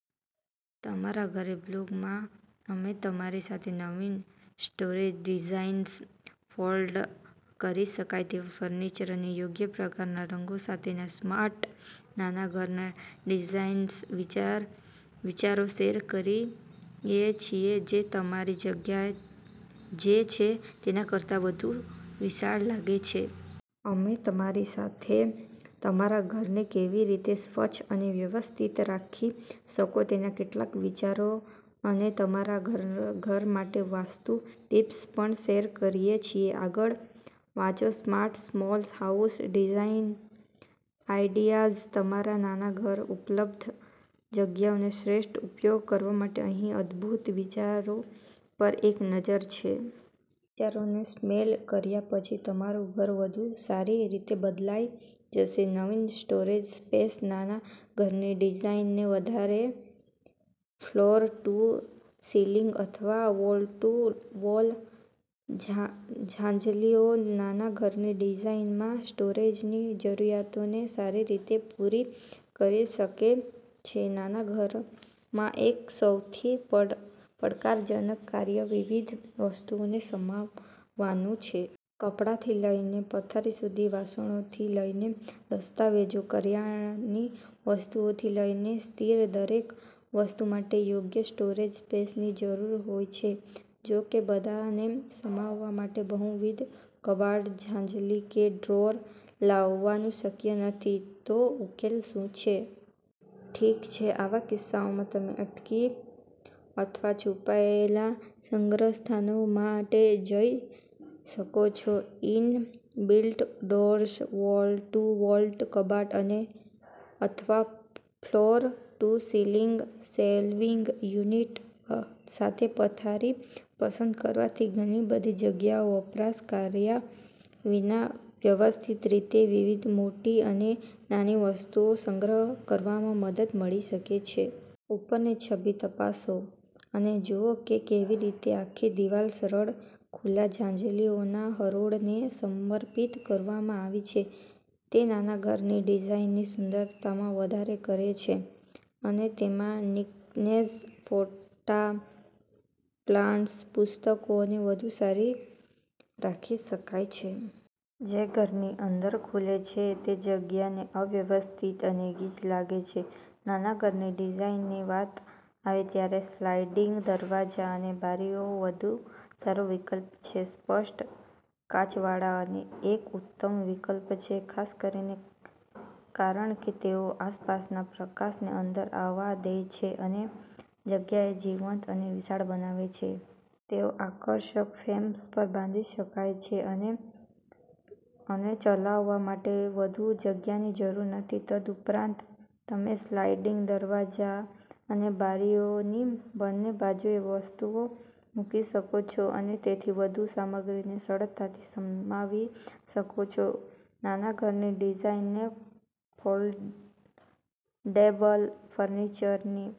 તમારા ઘરે. બ્લોગમાં, અમે તમારી સાથે નવીન સ્ટોરેજ ડિઝાઇન્સ, ફોલ્ડ કરી શકાય તેવા ફર્નિચર અને યોગ્ય પ્રકારના રંગો સાથેના સ્માર્ટ નાના ઘરના ડિઝાઇન વિચારો શેર કરીએ છીએ જે તમારી જગ્યા જે છે તેના કરતા વધુ વિશાળ લાગે છે. અમે તમારી સાથે તમારા ઘરને કેવી રીતે સ્વચ્છ અને વ્યવસ્થિત રાખી શકો તેના કેટલાક વિચારો અને તમારા નાના ઘર માટે વાસ્તુ ટિપ્સ પણ શેર કરીએ છીએ. આગળ વાંચોસ્માર્ટ સ્મોલ હાઉસ ડિઝાઇન આઇડિયાઝ તમારા નાના ઘરમાં ઉપલબ્ધ જગ્યાનો શ્રેષ્ઠ ઉપયોગ કરવા માટે અહીં અદ્ભુત વિચારો પર એક નજર છે. વિચારોને સામેલ કર્યા પછી તમારું ઘર વધુ સારી રીતે બદલાઈ જશે. નવીન સ્ટોરેજ સ્પેસ નાના ઘરની ડિઝાઇનને વધારે છેફ્લોર ટુ સીલિંગ અથવા વોલ ટુ વોલ છાજલીઓ નાના ઘરની ડિઝાઇનમાં સ્ટોરેજની જરૂરિયાતોને સારી રીતે પૂરી કરી શકે છે નાના ઘરમાં એક સૌથી પડકારજનક કાર્યવિવિધ વસ્તુઓને સમાવવાનું છે. કપડાંથી લઈને પથારી સુધી, વાસણોથી લઈને દસ્તાવેજો, કરિયાણાની વસ્તુઓથી લઈને સ્થિરદરેક વસ્તુ માટે યોગ્ય સ્ટોરેજ સ્પેસની જરૂર હોય છે. જો કે, બધાને સમાવવા માટે બહુવિધ કબાટ, છાજલી અને ડ્રોઅર લાવવાનું શક્ય નથી. તો, ઉકેલ શું છે? ઠીક છે, આવા કિસ્સાઓમાં, તમે અટકી અથવા છુપાયેલા સંગ્રહ સ્થાનો માટે જઈ શકો છો. Inbuilt drawers, wall to wall કબાટ અથવા floor to ceiling shelving unit સાથે પથારી પસંદ કરવાથી ઘણી બધી જગ્યાનો વપરાશ કર્યા વિના વ્યવસ્થિત રીતે વિવિધ મોટી અને નાની વસ્તુઓનો સંગ્રહ કરવામાં મદદ મળી શકે છે. ઉપરની છબી તપાસો અને જુઓ કે કેવી રીતે આખી દિવાલ સરળ ખુલ્લા છાજલીઓની હરોળને સમર્પિત કરવામાં આવી છે. તે નાના ઘરની ડિઝાઇનની સુંદરતામાં વધારો કરે છે અને તેમાં નિક્કનેક્સ, ફોટા, પ્લાન્ટર્સ, પુસ્તકો અને વધુ રાખી શકાય છે. જે ઘરની અંદર ખુલે છે તે જગ્યાને અવ્યવસ્થિત અને ગીચ લાગે છે. નાના ઘરની ડિઝાઇનની વાત આવે ત્યારે સ્લાઇડિંગ દરવાજા અને બારીઓ વધુ સારો વિકલ્પ છે. સ્પષ્ટ કાચવાળા એક ઉત્તમ વિકલ્પ છે, ખાસ કરીને કારણ કે તેઓ આસપાસના પ્રકાશને અંદર આવવા દે છે અને જગ્યાને જીવંત અને વિશાળ બનાવે છે. તેઓ આકર્ષક ફ્રેમ્સ પર બાંધી શકાય છે અને ચલાવવા માટે વધુ જગ્યાની જરૂર નથી. તદુપરાંત, તમે સ્લાઇડિંગ દરવાજા અને બારીઓની બંને બાજુએ વસ્તુઓ મૂકી શકો છો અને તેથી વધુ સામગ્રીને સરળતાથી સમાવી શકો છો. નાના ઘરની ડિઝાઇનને ફોલ્ડેબલ ફર્નિચરની